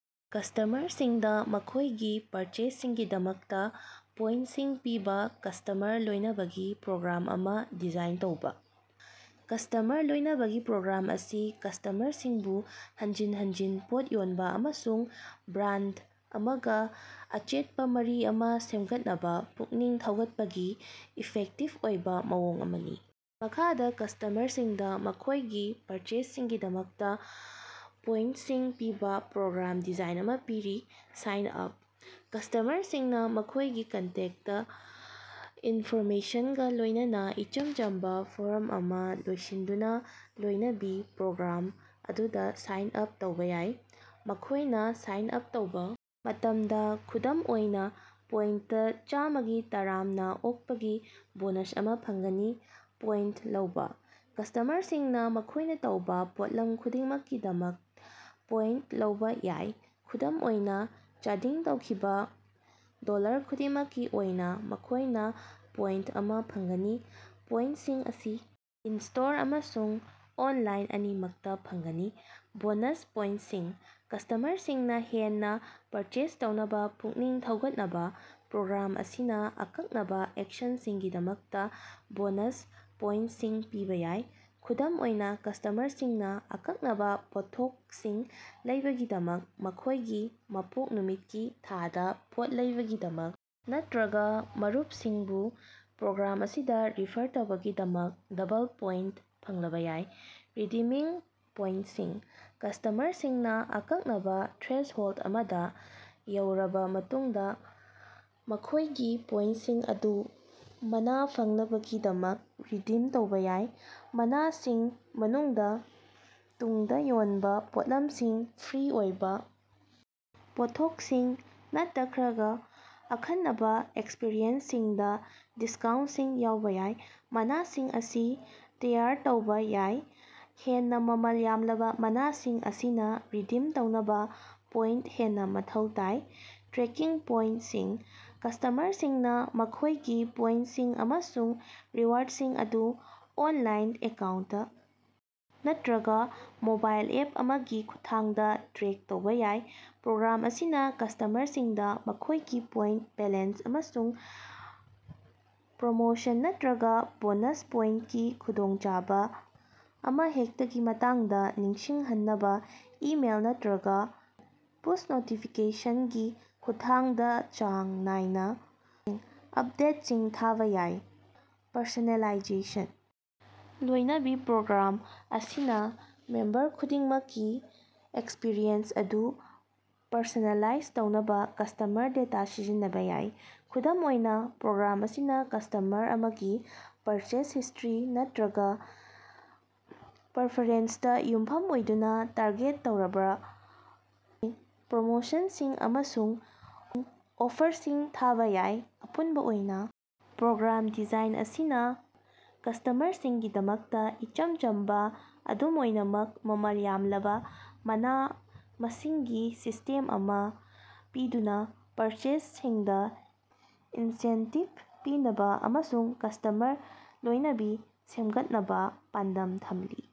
ꯀꯁ꯭ꯇꯃꯔꯁꯤꯡꯗ ꯃꯈꯣꯏꯒꯤ ꯄꯔꯆꯦꯖꯁꯤꯡꯒꯤꯗꯃꯛꯇ ꯄꯣꯏꯟꯇꯁꯤꯡ ꯄꯤꯕ ꯀꯁ꯭ꯇꯃꯔ ꯂꯣꯏꯅꯕꯒꯤ ꯄ꯭ꯔꯣꯒ꯭ꯔꯥꯝ ꯑꯃ ꯗꯤꯖꯥꯏꯟ ꯇꯧꯕ꯫ ꯀꯁ꯭ꯇꯃꯔ ꯂꯣꯏꯅꯕꯒꯤ ꯄ꯭ꯔꯣꯒ꯭ꯔꯥꯝ ꯑꯁꯤ ꯀꯁ꯭ꯇꯃꯔꯁꯤꯡꯕꯨ ꯍꯟꯖꯤꯟ ꯍꯟꯖꯤꯟ ꯄꯣꯠ ꯌꯣꯟꯕ ꯑꯃꯁꯨꯡ ꯕ꯭ꯔꯥꯟꯗ ꯑꯃꯒ ꯑꯆꯦꯠꯄ ꯃꯔꯤ ꯑꯃ ꯁꯦꯝꯒꯠꯅꯕ ꯄꯨꯛꯅꯤꯡ ꯊꯧꯒꯠꯄꯒꯤ ꯏꯐꯦꯛꯇꯤꯚ ꯑꯣꯏꯕ ꯃꯑꯣꯡ ꯑꯃꯅꯤ꯫ ꯃꯈꯥꯗ ꯀꯁ꯭ꯇꯃꯔꯁꯤꯡꯗ ꯃꯈꯣꯏꯒꯤ ꯄꯔꯆꯦꯖꯁꯤꯡꯒꯤꯗꯃꯛꯇ ꯄꯣꯏꯟꯇꯁꯤꯡ ꯄꯤꯕ ꯄ꯭ꯔꯣꯒ꯭ꯔꯥꯝ ꯗꯤꯖꯥꯏꯟ ꯑꯃ ꯄꯤꯔꯤ: ꯁꯥꯏꯟ ꯑꯥꯞ: ꯀꯁ꯭ꯇꯃꯔꯁꯤꯡꯅ ꯃꯈꯣꯏꯒꯤ ꯀꯟꯇꯦꯛꯇ ꯏꯟꯐꯣꯔꯃꯦꯁꯟꯒ ꯂꯣꯏꯅꯅ ꯏꯆꯝ ꯆꯝꯕ ꯐꯣꯔꯝ ꯑꯃ ꯂꯣꯏꯁꯤꯟꯗꯨꯅ ꯂꯣꯏꯅꯕꯤ ꯄ꯭ꯔꯣꯒ꯭ꯔꯥꯝ ꯑꯗꯨꯗ ꯁꯥꯏꯟ ꯑꯥꯞ ꯇꯧꯕ ꯌꯥꯏ꯫ ꯃꯈꯣꯏꯅꯥ ꯁꯥꯏꯟ ꯑꯥꯞ ꯇꯧꯕ ꯃꯇꯝꯗ ꯈꯨꯗꯝ ꯑꯣꯏꯅꯥ ꯄꯣꯏꯟꯇ ꯆꯥꯝꯃꯒꯤ ꯇꯔꯥꯝꯅ ꯑꯣꯛꯄꯒꯤ ꯕꯣꯅꯁ ꯑꯃ ꯐꯪꯒꯅꯤ꯫ ꯄꯣꯏꯟꯇ ꯂꯧꯕ: ꯀꯁ꯭ꯇꯃꯔꯁꯤꯡꯅ ꯃꯈꯣꯏꯅ ꯇꯧꯕ ꯄꯣꯠꯂꯝ ꯈꯨꯗꯤꯡꯃꯛꯀꯤꯗꯃꯛ ꯄꯣꯏꯟꯇ ꯂꯧꯕ ꯌꯥꯏ꯫ ꯈꯨꯗꯝ ꯑꯣꯏꯅ, ꯆꯥꯗꯤꯡ ꯇꯧꯈꯤꯕ ꯗꯣꯜꯂꯔ ꯈꯨꯗꯤꯡꯃꯛꯀꯤ ꯑꯣꯏꯅ ꯃꯈꯣꯏꯅ ꯄꯣꯏꯟꯇ ꯑꯃ ꯐꯪꯒꯅꯤ꯫ ꯄꯣꯏꯟꯇꯁꯤꯡ ꯑꯁꯤ ꯏꯟ-ꯁ꯭ꯇꯣꯔ ꯑꯃꯁꯨꯡ ꯑꯣꯅꯂꯥꯏꯟ ꯑꯅꯤꯃꯛꯇ ꯐꯪꯒꯅꯤ꯫ ꯕꯣꯅꯁ ꯄꯣꯏꯟꯇꯁꯤꯡ: ꯀꯁ꯭ꯇꯃꯔꯁꯤꯡꯅ ꯍꯦꯟꯅ ꯄꯔꯆꯦꯖ ꯇꯧꯅꯕ ꯄꯨꯛꯅꯤꯡ ꯊꯧꯒꯠꯅꯕ, ꯄ꯭ꯔꯣꯒ꯭ꯔꯥꯝ ꯑꯁꯤꯅ ꯑꯀꯛꯅꯕ ꯑꯦꯛꯁꯟꯁꯤꯡꯒꯤꯗꯃꯛꯇ ꯕꯣꯅꯁ ꯄꯣꯏꯟꯇꯁꯤꯡ ꯄꯤꯕ ꯌꯥꯏ꯫ ꯈꯨꯗꯝ ꯑꯣꯏꯅ ꯀꯁ꯭ꯇꯃꯔꯁꯤꯡꯅ ꯑꯀꯛꯅꯕ ꯄꯣꯠꯊꯣꯛꯁꯤꯡ ꯂꯧꯕꯒꯤꯗꯃꯛ, ꯃꯈꯣꯏꯒꯤ ꯃꯄꯣꯛ ꯅꯨꯃꯤꯠꯀꯤ ꯊꯥꯗ ꯄꯣꯠ ꯂꯩꯕꯒꯤꯗꯃꯛ ꯅꯠꯇ꯭ꯔꯒ ꯃꯔꯨꯄꯁꯤꯡꯕꯨ ꯄ꯭ꯔꯣꯒ꯭ꯔꯥꯝ ꯑꯁꯤꯗ ꯔꯤꯐꯔ ꯇꯧꯕꯒꯤꯗꯃꯛ ꯗꯕꯜ ꯄꯣꯏꯟꯇ ꯐꯪꯂꯕ ꯌꯥꯏ꯫ ꯔꯤꯗꯤꯃꯤꯡ ꯄꯣꯏꯟꯇꯁꯤꯡ: ꯀꯁ꯭ꯇꯃꯔꯁꯤꯡꯅ ꯑꯀꯛꯅꯕ ꯊ꯭ꯔꯦꯁꯍꯣꯜꯗ ꯑꯃꯗ ꯌꯧꯔꯕ ꯃꯇꯨꯡꯗ ꯃꯈꯣꯏꯒꯤ ꯄꯣꯏꯟꯇꯁꯤꯡ ꯑꯗꯨ ꯃꯅ ꯐꯪꯅꯕꯒꯤꯗꯃꯛ ꯔꯤꯗꯤꯝ ꯇꯧꯕ ꯌꯥꯏ꯫ ꯃꯅꯥꯁꯤꯡꯒꯤ ꯃꯅꯨꯡꯗ ꯇꯨꯡꯗ ꯌꯣꯟꯕ ꯄꯣꯠꯂꯝꯁꯤꯡ, ꯐ꯭ꯔꯤ ꯑꯣꯏꯕ ꯄꯣꯠꯊꯣꯛꯁꯤꯡ, ꯅꯠꯇꯈꯔꯒ ꯑꯈꯟꯅꯕ ꯑꯦꯛꯁꯄꯔꯤꯌꯦꯟꯁꯁꯤꯡꯗ ꯗꯤꯁꯀꯥꯎꯟꯇꯁꯤꯡ ꯌꯥꯎꯕ ꯌꯥꯏ꯫ ꯃꯅꯥꯁꯤꯡ ꯑꯁꯤ ꯇꯌꯥꯔ ꯇꯧꯕꯥ ꯌꯥꯏ꯫ ꯍꯦꯟꯅ ꯃꯃꯜ ꯌꯥꯝꯂꯕ ꯃꯅꯥꯁꯤꯡ ꯑꯁꯤꯅ ꯔꯤꯗꯤꯝ ꯇꯧꯅꯕ ꯄꯣꯏꯟꯇ ꯍꯦꯟꯅ ꯃꯊꯧ ꯇꯥꯏ꯫ ꯇ꯭ꯔꯦꯀꯤꯡ ꯄꯣꯏꯟꯇꯁꯤꯡ: ꯀꯁ꯭ꯇꯃꯔꯁꯤꯡꯅ ꯃꯈꯣꯏꯒꯤ ꯄꯣꯏꯟꯇꯁꯤꯡ ꯑꯃꯁꯨꯡ ꯔꯤꯋꯥꯔꯗꯁꯤꯡ ꯑꯗꯨ ꯑꯣꯅꯂꯥꯏꯟ ꯑꯦꯀꯥꯎꯟꯇ ꯅꯠꯇ꯭ꯔꯒ ꯃꯣꯕꯥꯏꯜ ꯑꯦꯞ ꯑꯃꯒꯤ ꯈꯨꯠꯊꯥꯡꯗ ꯇ꯭ꯔꯦꯛ ꯇꯧꯕ ꯌꯥꯏ꯫ ꯄ꯭ꯔꯣꯒ꯭ꯔꯥꯝ ꯑꯁꯤꯅ ꯀꯁ꯭ꯇꯃꯔꯁꯤꯡꯗ ꯃꯈꯣꯏꯒꯤ ꯄꯣꯏꯟꯇ ꯕꯦꯂꯦꯟꯁ ꯑꯃꯁꯨꯡ ꯄ꯭ꯔꯣꯃꯣꯁꯟ ꯅꯠꯇ꯭ꯔꯒ ꯕꯣꯅꯁ ꯄꯣꯏꯟꯇꯀꯤ ꯈꯨꯗꯣꯡꯆꯕꯥ ꯑꯃꯍꯦꯛꯇꯒꯤ ꯃꯇꯥꯡꯗ ꯅꯤꯡꯁꯤꯡꯍꯟꯅꯕ ꯏꯃꯦꯜ ꯅꯠꯇ꯭ꯔꯒ ꯄꯨꯁ ꯅꯣꯇꯤꯐꯤꯀꯦꯁꯟꯒꯤ ꯈꯨꯠꯊꯥꯡꯗꯥꯆꯥꯡ ꯅꯥꯏꯅ ꯑꯄꯗꯦꯠꯁꯤꯡ ꯊꯥꯕ ꯌꯥꯏ꯫ ꯄꯔꯁꯣꯅꯦꯂꯥꯏꯖꯦꯁꯟ: ꯂꯣꯏꯅꯕꯤ ꯄ꯭ꯔꯣꯒ꯭ꯔꯥꯝ ꯑꯁꯤꯅ ꯃꯦꯝꯕꯔ ꯈꯨꯗꯤꯡꯃꯛꯀꯤ ꯑꯦꯛꯁꯄꯔꯤꯌꯦꯟꯁ ꯑꯗꯨ ꯄꯔꯁꯣꯅꯦꯂꯥꯏꯖ ꯇꯧꯅꯕ ꯀꯁ꯭ꯇꯃꯔ ꯗꯦꯇꯥ ꯁꯤꯖꯤꯟꯅꯕ ꯌꯥꯏ꯫ ꯈꯨꯗꯝ ꯑꯣꯏꯅ, ꯄ꯭ꯔꯣꯒ꯭ꯔꯥꯝ ꯑꯁꯤꯅ ꯀꯁ꯭ꯇꯃꯔ ꯑꯃꯒꯤ ꯄꯔꯆꯦꯖ ꯍꯤꯁ꯭ꯇꯔꯤ ꯅꯠꯇ꯭ꯔꯒ ꯄꯔꯐꯦꯔꯦꯟꯁꯇ ꯌꯨꯝꯐꯝ ꯑꯣꯏꯗꯨꯅ ꯇꯥꯔꯒꯦꯠ ꯇꯧꯔꯕ ꯄ꯭ꯔꯣꯃꯣꯁꯟꯁꯤꯡ ꯑꯃꯁꯨꯡ ꯑꯣꯐꯔꯁꯤꯡ ꯊꯥꯕ ꯌꯥꯏ꯫ꯑꯄꯨꯟꯕ ꯑꯣꯏꯅ, ꯄ꯭ꯔꯣꯒ꯭ꯔꯥꯝ ꯗꯤꯖꯥꯏꯟ ꯑꯁꯤꯅ ꯀꯁ꯭ꯇꯃꯔꯁꯤꯡꯒꯤꯗꯃꯛꯇ ꯏꯆꯝ ꯆꯝꯕ, ꯑꯗꯨꯝ ꯑꯣꯏꯅꯃꯛ ꯃꯃꯜ ꯌꯥꯝꯂꯕ ꯃꯅꯥ-ꯃꯁꯤꯡꯒꯤ ꯁꯤꯁ꯭ꯇꯦꯝ ꯑꯃ ꯄꯤꯗꯨꯅ ꯄꯔꯆꯦꯖꯁꯤꯡꯗ ꯏꯟꯁꯦꯟꯇꯤꯕ ꯄꯤꯅꯕ ꯑꯃꯁꯨꯡ ꯀꯁ꯭ꯇꯃꯔ ꯂꯣꯏꯅꯕꯤ ꯁꯦꯝꯒꯠꯅꯕ ꯄꯥꯟꯗꯝ ꯊꯝꯂꯤ꯫